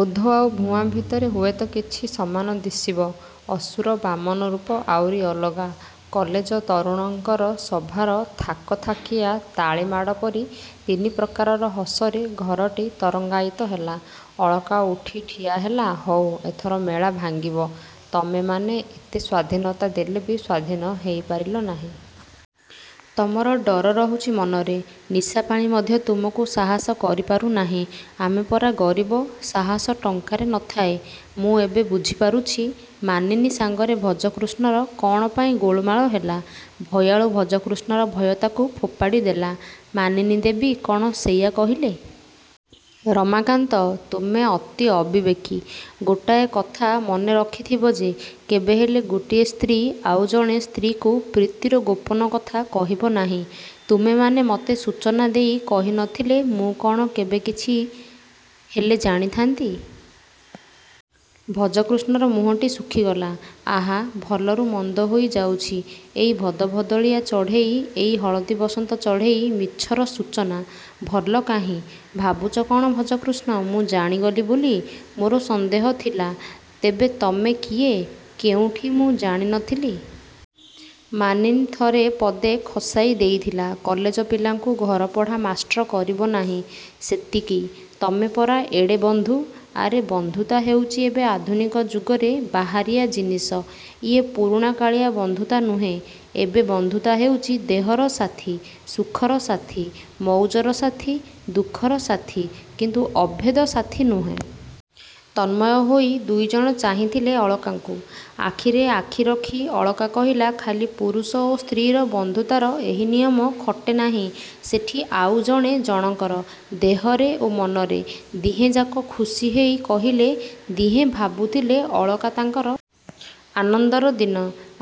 ଓଧ ଆଉ ଭୁଆଁ ଭିତରେ ହୁଏ ତ କିଛି ସମାନ ଦିଶିବ। ଅସୁର-ବାମନ ରୂପ ଆଉରି ଅଲଗା। କଲେଜ ତରୁଣଙ୍କର ସଭାର ଥାକଥାକିଆ ତାଳିମାଡ଼ପରି ତିନି ପ୍ରକାରର ହସରେ ଘରଟି ତରଙ୍ଗାୟିତ ହେଲା। ଅଳକା ଉଠି ଠିଆ ହେଲା-ହଉ, ଏଥର ମେଳା ଭାଙ୍ଗିବା। ତମେମାନେ ଏତେ ସ୍ୱାଧୀନତା ଦେଲେ ବି ସ୍ୱାଧୀନ ହେଇ ପାରିଲ ନାହିଁ। ତମର ଡର ରହୁଛି ମନରେ। ନିଶାପାଣି ମଧ୍ୟ ତୁମକୁ ସାହସୀ କରିପାରୁ ନାହିଁ। -ଆମେ ପରା ଗରିବ। -ସାହସ ଟଙ୍କାରେ ନ ଥାଏ। ମୁଁ ଏବେ ବୁଝିପାରୁଛି ମାନିନୀ ସାଙ୍ଗରେ ଭଜକୃଷ୍ଣର କ'ଣ ପାଇଁ ଗୋଳମାଳ ହେଲା-ଭୟାଳୁ ଭଜକୃଷ୍ଣର ଭୟ ତା'କୁ ଫୋପାଡ଼ି ଦେଲା। -ମାନିନୀ ଦେବୀ କ'ଣ ସେଇଆ କହିଲେ? -ରମାକାନ୍ତ, ତୁମେ ଅତି ଅବିବେକୀ। ଗୋଟାଏ କଥା ମନେ ରଖିଥିବ ଯେ, କେବେହେଲେ ଗୋଟିଏ ସ୍ତ୍ରୀ ଆଉ ଜଣେ ସ୍ତ୍ରୀକୁ ପ୍ରୀତିର ଗୋପନ କଥା କହିବ ନାହିଁ। ତୁମେମାନେ ମତେ ସୂଚନା ଦେଇ କହି ନ ଥିଲେ ମୁଁ କ'ଣ କେବେ କିଛି ହେଲେ ଜାଣିଥାନ୍ତି? ଭଜକୃଷ୍ଣର ମୁହଁଟି ଶୁଖିଗଲା। -ଆହା, ଭଲରୁ ମନ୍ଦ ହୋଇ ଯାଉଛି। ଏଇ ଭଦଭଦଳିଆ ଚଢ଼େଇ,-ଏଇ ହଳଦୀବସନ୍ତ ଚଢ଼େଇ ମିଛର ସୂଚନା। ଭଲ କାହିଁ? -ଭାବୁଛ କ'ଣ ଭଜକୃଷ୍ଣ? ମୁଁ ଜାଣିଗଲି ବୋଲି। ମୋର ସନ୍ଦେହ ଥିଲା। ତେବେ ତମେ କିଏ, କେଉଁଠି-ମୁଁ ଜାଣି ନ ଥିଲି। ମାନିନୀ ଥରେ ପଦେ ଖସାଇ ଦେଇଥିଲା-କଲେଜ ପିଲାଙ୍କୁ ଘରପଢ଼ା ମାଷ୍ଟ୍ର କରିବ ନାହିଁ-ସେତିକି। -ତମେ ପରା ଏଡ଼େ ବନ୍ଧୁ? -ଆରେ, ବନ୍ଧୁତା ହେଉଛି ଏବେ ଆଧୁନିକ ଯୁଗରେ ବାହାରିଆ ଜିନିଷ। ଇଏ ପୁରୁଣାକାଳିଆ ବନ୍ଧୁତା ନୁହେଁ। ଏବେ ବନ୍ଧୁତା ହେଉଛି ଦେହର ସାଥି, ସୁଖର ସାଥି, ମଉଜର ସାଥି, ଦୁଃଖର ସାଥି-କିନ୍ତୁ ଅଭେଦ ସାଥି ନୁହେଁ। ତନ୍ମୟ ହୋଇ ଦୁଇଜଣ ଚାହିଁଥିଲେ ଅଳକାକୁ। ଆଖିରେ ଆଖି ରଖି ଅଳକା କହିଲା-ଖାଲି ପୁରୁଷ ଓ ସ୍ତ୍ରୀ'ର ବନ୍ଧୁତାରେ ଏହି ନିୟମ ଖଟେ ନାହିଁ। ସେଠି- -ଜଣେ ଆଉ ଜଣକର। ଦେହରେ ଓ ମନରେ। ଦିହେଁ ଯାକ ଖୁସି ହେଇ କହିଲେ। ଦିହେଁ ଭାବୁଥିଲେ-ଅଳକା ତାଙ୍କର। ଆନନ୍ଦର ଦିନ।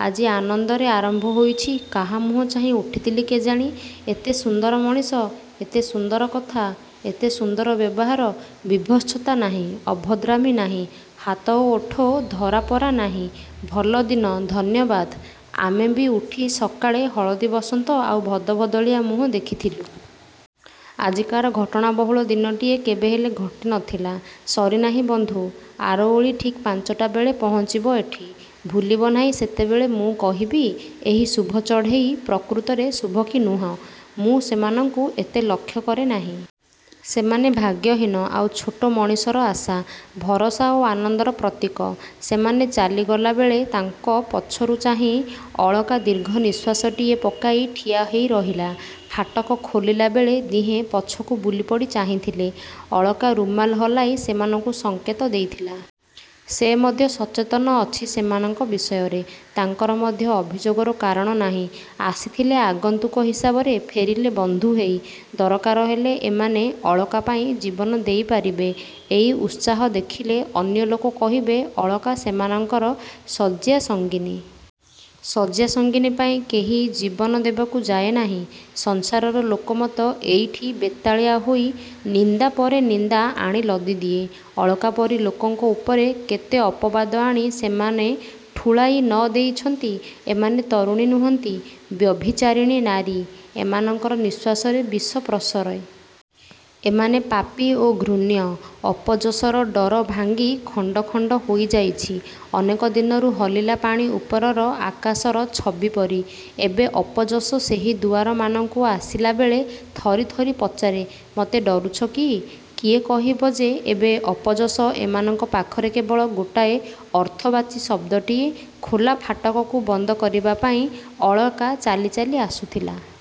ଆଜି ଆନନ୍ଦରେ ଆରମ୍ଭ ହୋଇଛି। କାହା ମୁହଁ ଚାହିଁ ଉଠିଥିଲି କେଜାଣି? -ଏତେ ସୁନ୍ଦର ମଣିଷ,-ଏତେ-ସୁନ୍ଦର କଥା-ଏତେ ସୁନ୍ଦର ବ୍ୟବହାର-ବିଭତ୍ସତା ନାହିଁ, ଅଭଦ୍ରାମି ନାହିଁ। ହାତ ଓଠ ଧରାପରା ନାହିଁ-ଭଲ ଦିନ-ଧନ୍ୟବାଦ। -ଆମେ ବି ଉଠି ସକାଳେ ହଳଦୀବସନ୍ତ ଆଉ ଭଦଭଦଳିଆ ମୁହଁ ଦେଖିଥିଲୁ। ଆଜିକାର ଘଟଣାବହୁଳ ଦିନଟିଏ କେବେହେଲେ ଘଟି ନ ଥିଲା। -ସରି ନାହିଁ ବନ୍ଧୁ। ଆର ଓଳି ଠିକ୍ ପାଞ୍ଚଟା ବେଳେ ପହଞ୍ଚିବ ଏଠି। ଭୁଲିବ ନାହିଁ ସେତେବେଳେ ମୁଁ କହିବି ଏଇ ଶୁଭ ଚଢ଼େଇ ପ୍ରକୃତରେ ଶୁଭ କି ନୁହେଁ। ମୁଁ ସେମାନଙ୍କୁ ଏତେ ଲକ୍ଷ୍ୟ କରେ ନାହିଁ। -ସେମାନେ ଭାଗ୍ୟହୀନ ଆଉ ଛୋଟ ମଣିଷର ଆଶା, ଭରସା ଓ ଆନନ୍ଦର ପ୍ରତୀକ। ସେମାନେ ଚାଲିଗଲା ବେଳେ ତାଙ୍କୁ ପଛରୁ ଚାହିଁ ଅଳକା ଦୀର୍ଘନିଶ୍ୱାସଟିଏ ପକାଇ ଠିଆ ହେଇ ରହିଲା। ଫାଟକ ଖୋଲିଲା ବେଳେ ଦିହେଁ ପଛକୁ ବୁଲିପଡ଼ି ଚାହିଁଥିଲେ-ଅଳକା ରୁମାଲ ହଲାଇ ସେମାନଙ୍କୁ ସଙ୍କେତ ଦେଇଥିଲା। ସେ ମଧ୍ୟ ସଚେତନ ଅଛି ସେମାନଙ୍କ ବିଷୟରେ। ତାଙ୍କର ମଧ୍ୟ ଅଭିଯୋଗର କାରଣ ନାହିଁ। ଆସିଥିଲେ ଆଗନ୍ତୁକ ହିସାବରେ-ଫେରିଗଲେ ବଂଧୁ ହେଇ। ଦରକାର ହେଲେ ଏମାନେ ଅଳକା ପାଇଁ ଜୀବନ ଦେଇ ପାରିବେ। ଏଇ ଉତ୍ସାହ ଦେଖିଲେ ଅନ୍ୟ ଲୋକ କହିବେ ଅଳକା ସେମାନଙ୍କର ଶଯ୍ୟାସଙ୍ଗିନୀ। ଶଯ୍ୟାସଙ୍ଗିନୀ ପାଇଁ କେହି ଜୀବନ ଦେବାକୁ ଯାଏ ନାହିଁ। ସଂସାରର ଲୋକମତ ଏଇଠି ବେତାଳିଆ ହେଇ ନିନ୍ଦା ପରେ ନିନ୍ଦା ଆଣି ଲଦିଦିଏ। ଅଳକା ପରି ଲୋକଙ୍କ ଉପରେ କେତେ ଅପବାଦ ଆଣି ସେମାନେ ଠୁଳାଇ ନ ଦେଇଛନ୍ତି-ଏମାନେ ତରୁଣୀ ନୁହନ୍ତି। ବ୍ୟଭିଚାରିଣୀ ନାରୀ। ଏମାନଙ୍କର ନିଶ୍ୱାସରେ ବିଷ ପ୍ରସରେ। ଏମାନେ ପାପୀ ଓ ଘୃଣ୍ୟ। ଅପଯଶର ଡର ଭାଙ୍ଗି ଖଣ୍ଡ ଖଣ୍ଡ ହୋଇଯାଇଛି ଅନେକ ଦିନରୁ ହଲିଲା ପାଣି ଉପରର ଆକାଶର ଛବି ପରି। ଏବେ ଅପଯଶ ସେହି ଦୁଆରମାନଙ୍କୁ ଆସିଲା ବେଳେ ଥରି ଥରି ପଚାରେ-ମତେ ଡରୁଛ କି? କିଏ କହିବ ଯେ ଏବେ ଅପଯଶ ଏମାନଙ୍କ ପାଖରେ କେବଳ ଗୋଟାଏ ଅର୍ଥବାଚି ଶବ୍ଦଟିଏ। ଖୋଲା ଫାଟକକୁ ବନ୍ଦ କରିବା ପାଇଁ ଅଳକା ଚାଲି ଚାଲି ଆସୁଥିଲା।